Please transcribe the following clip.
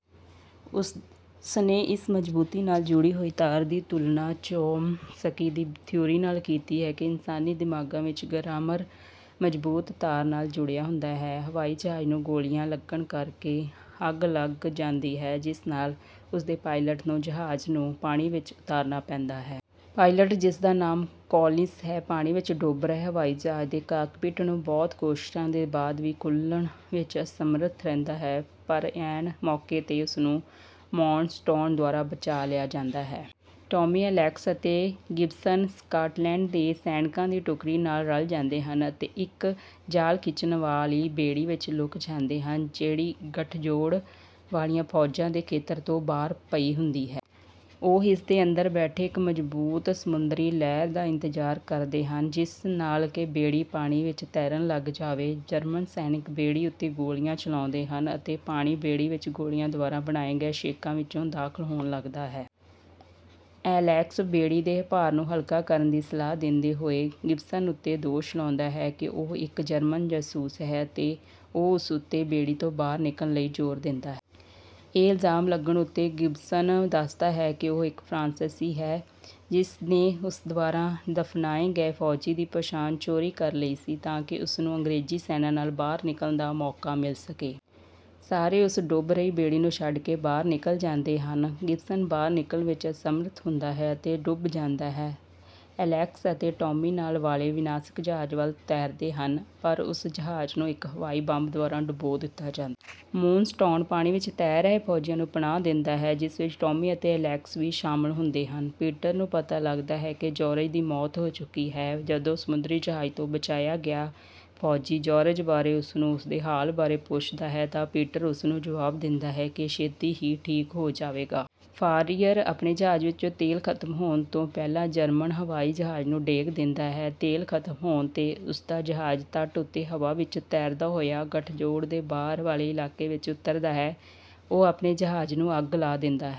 ਉਸਨੇ ਇਸ ਮਜ਼ਬੂਤੀ ਨਾਲ ਜੁੜੀ ਹੋਈ ਤਾਰ ਦੀ ਤੁਲਨਾ ਚੋਮਸਕੀ ਦੀ ਥਿਊਰੀ ਨਾਲ ਕੀਤੀ ਕਿ ਇਨਸਾਨੀ ਦਿਮਾਗਾਂ ਵਿੱਚ ਗਰਾਮਰ ਮਜ਼ਬੂਤ ਤਾਰ ਨਾਲ ਜੁੜਿਆ ਹੁੰਦਾ ਹੈ। ਹਵਾਈ ਜਹਾਜ਼ ਨੂੰ ਗੋਲੀਆਂ ਲੱਗਣ ਕਰਕੇ ਅੱਗ ਲੱਗ ਜਾਂਦੀ ਹੈ ਜਿਸ ਨਾਲ ਉਸਦੇ ਪਾਇਲਟ ਨੂੰ ਜਹਾਜ਼ ਨੂੰ ਪਾਣੀ ਵਿੱਚ ਉਤਾਰਨਾ ਪੈਂਦਾ ਹੈ। ਪਾਇਲਟ ਜਿਸਦਾ ਨਾਮ ਕੌਲਿੰਸ ਹੈ ਪਾਣੀ ਵਿੱਚ ਡੁੱਬ ਰਹੇ ਹਵਾਈ ਜਹਾਜ਼ ਦੇ ਕਾਕਪਿੱਟ ਨੂੰ ਬਹੁਤ ਕੋਸ਼ਿਸ਼ਾਂ ਦੇ ਬਾਅਦ ਵੀ ਖੋਲ੍ਹਣ ਵਿੱਚ ਅਸਮਰੱਥ ਰਹਿੰਦਾ ਹੈ ਪਰ ਐਨ ਮੌਕੇ ਤੇ ਉਸਨੂੰ ਮੂਨਸਟੋਨ ਦੁਆਰਾ ਬਚਾ ਲਿਆ ਜਾਂਦਾ ਹੈ। ਟੌਮੀ ਐਲੇਕਸ ਅਤੇ ਗਿਬਸਨ ਸਕਾਟਲੈਂਡ ਦੇ ਸੈਨਿਕਾਂ ਦੀ ਟੁਕੜੀ ਨਾਲ ਰਲ ਜਾਂਦੇ ਹਨ ਅਤੇ ਇੱਕ ਜਾਲ ਖਿੱਚਣ ਵਾਲੀ ਬੇੜੀ ਵਿੱਚ ਲੁਕ ਜਾਂਦੇ ਹਨ ਜਿਹੜੀ ਗਠਜੋੜ ਵਾਲੀਆਂ ਫੌਜਾਂ ਦੇ ਖੇਤਰ ਤੋਂ ਬਾਹਰ ਪਈ ਹੁੰਦੀ ਹੈ। ਉਹ ਇਸਦੇ ਅੰਦਰ ਬੈਠੇ ਇੱਕ ਮਜ਼ਬੂਤ ਸਮੁੰਦਰੀ ਲਹਿਰ ਦਾ ਇੰਤਜ਼ਾਰ ਕਰਦੇ ਹਨ ਜਿਸ ਨਾਲ ਕਿ ਬੇੜੀ ਪਾਣੀ ਵਿੱਚ ਤੈਰਨ ਲੱਗ ਜਾਵੇ। ਜਰਮਨ ਸੈਨਿਕ ਬੇੜੀ ਉੱਤੇ ਗੋਲੀਆਂ ਚਲਾਉਂਦੇ ਹਨ ਅਤੇ ਪਾਣੀ ਬੇੜੀ ਵਿੱਚ ਗੋਲੀਆਂ ਦੁਆਰਾ ਬਣਾਏ ਗਏ ਛੇਕਾਂ ਵਿੱਚੋਂ ਦਾਖਲ ਹੋਣ ਲੱਗਦਾ ਹੈ। ਐਲੇਕਸ ਬੇੜੀ ਦੇ ਭਾਰ ਨੂੰ ਹਲਕਾ ਕਰਨ ਦੀ ਸਲਾਹ ਦਿੰਦੇ ਹੋਏ ਗਿਬਸਨ ਉੱਤੇ ਦੋਸ਼ ਲਾਉਂਦਾ ਹੈ ਕਿ ਉਹ ਇੱਕ ਜਰਮਨ ਜਾਸੂਸ ਹੈ ਅਤੇ ਉਹ ਉਸ ਉੱਤੇ ਬੇੜੀ ਤੋਂ ਬਾਹਰ ਨਿਕਲਣ ਲਈ ਜ਼ੋਰ ਦਿੰਦਾ ਹੈ। ਇਹ ਇਲਜ਼ਾਮ ਲੱਗਣ ਉੱਤੇ ਗਿਬਸਨ ਦੱਸਦਾ ਹੈ ਕਿ ਉਹ ਇੱਕ ਫਰਾਂਸੀਸੀ ਹੈ ਜਿਸਨੇ ਉਸ ਦੁਆਰਾ ਦਫਨਾਏ ਗਏ ਫੌਜੀ ਦੀ ਪਛਾਣ ਚੋਰੀ ਕਰ ਲਈ ਸੀ ਤਾਂ ਕਿ ਉਸਨੂੰ ਅੰਗਰੇਜ਼ੀ ਸੈਨਾ ਨਾਲ ਬਾਹਰ ਨਿਕਲਣ ਦਾ ਮੌਕਾ ਮਿਲ ਸਕੇ। ਸਾਰੇ ਉਸ ਡੁੱਬ ਰਹੀ ਬੇੜੀ ਨੂੰ ਛੱਡ ਕੇ ਬਾਹਰ ਨਿਕਲ ਜਾਂਦੇ ਹਨ। ਗਿਬਸਨ ਬਾਹਰ ਨਿਕਲਣ ਵਿੱਚ ਅਸਮਰੱਥ ਹੁੰਦਾ ਹੈ ਅਤੇ ਡੁੱਬ ਜਾਂਦਾ ਹੈ। ਐਲੇਕਸ ਅਤੇ ਟੌਮੀ ਨਾਲ ਵਾਲੇ ਵਿਨਾਸ਼ਕ ਜਹਾਜ਼ ਵੱਲ ਤੈਰਦੇ ਹਨ ਪਰ ਉਸ ਜਹਾਜ਼ ਨੂੰ ਇੱਕ ਹਵਾਈ ਬੰਬ ਦੁਆਰਾ ਡੁਬੋ ਦਿੱਤਾ ਜਾਂਦਾ ਹੈ। ਮੂਨਸਟੋਨ ਪਾਣੀ ਵਿੱਚ ਤੈਰ ਰਹੇ ਫੌਜੀਆਂ ਨੂੰ ਪਨਾਹ ਦਿੰਦਾ ਹੈ ਜਿਸ ਵਿੱਚ ਟੌਮੀ ਅਤੇ ਐਲੇਕਸ ਵੀ ਸ਼ਾਮਿਲ ਹੁੰਦੇ ਹਨ। ਪੀਟਰ ਨੂੰ ਪਤਾ ਲੱਗਦਾ ਹੈ ਜੌਰਜ ਦੀ ਮੌਤ ਹੋ ਚੁੱਕੀ ਹੈ ਜਦੋਂ ਸਮੁੰਦਰੀ ਜਹਾਜ਼ ਤੋਂ ਬਚਾਇਆ ਗਿਆ ਫੌਜੀ ਜੌਰਜ ਬਾਰੇ ਉਸਨੂੰ ਉਸਦੇ ਹਾਲ ਬਾਰੇ ਪੁੱਛਦਾ ਹੈ ਤਾਂ ਪੀਟਰ ਉਸਨੂੰ ਜਵਾਬ ਦਿੰਦਾ ਹੈ ਕਿ ਉਹ ਛੇਤੀ ਹੀ ਠੀਕ ਹੋ ਜਾਵੇਗਾ। ਫਾਰੀਅਰ ਆਪਣੇ ਜਹਾਜ਼ ਵਿੱਚੋਂ ਤੇਲ ਖਤਮ ਹੋਣ ਤੋਂ ਪਹਿਲਾਂ ਜਰਮਨ ਹਵਾਈ ਜਹਾਜ਼ ਨੂੰ ਡੇਗ ਦਿੰਦਾ ਹੈ। ਤੇਲ ਖਤਮ ਹੋਣ ਤੇ ਉਸਦਾ ਜਹਾਜ਼ ਤਟ ਉੱਤੇ ਹਵਾ ਵਿੱਚ ਤੈਰਦਾ ਹੋਇਆ ਗਠਜੋੜ ਦੇ ਬਾਹਰ ਵਾਲੇ ਇਲਾਕੇ ਵਿੱਚ ਉੱਤਰਦਾ ਹੈ। ਉਹ ਆਪਣੇ ਜਹਾਜ਼ ਨੂੰ ਅੱਗ ਲਾ ਦਿੰਦਾ ਹੈ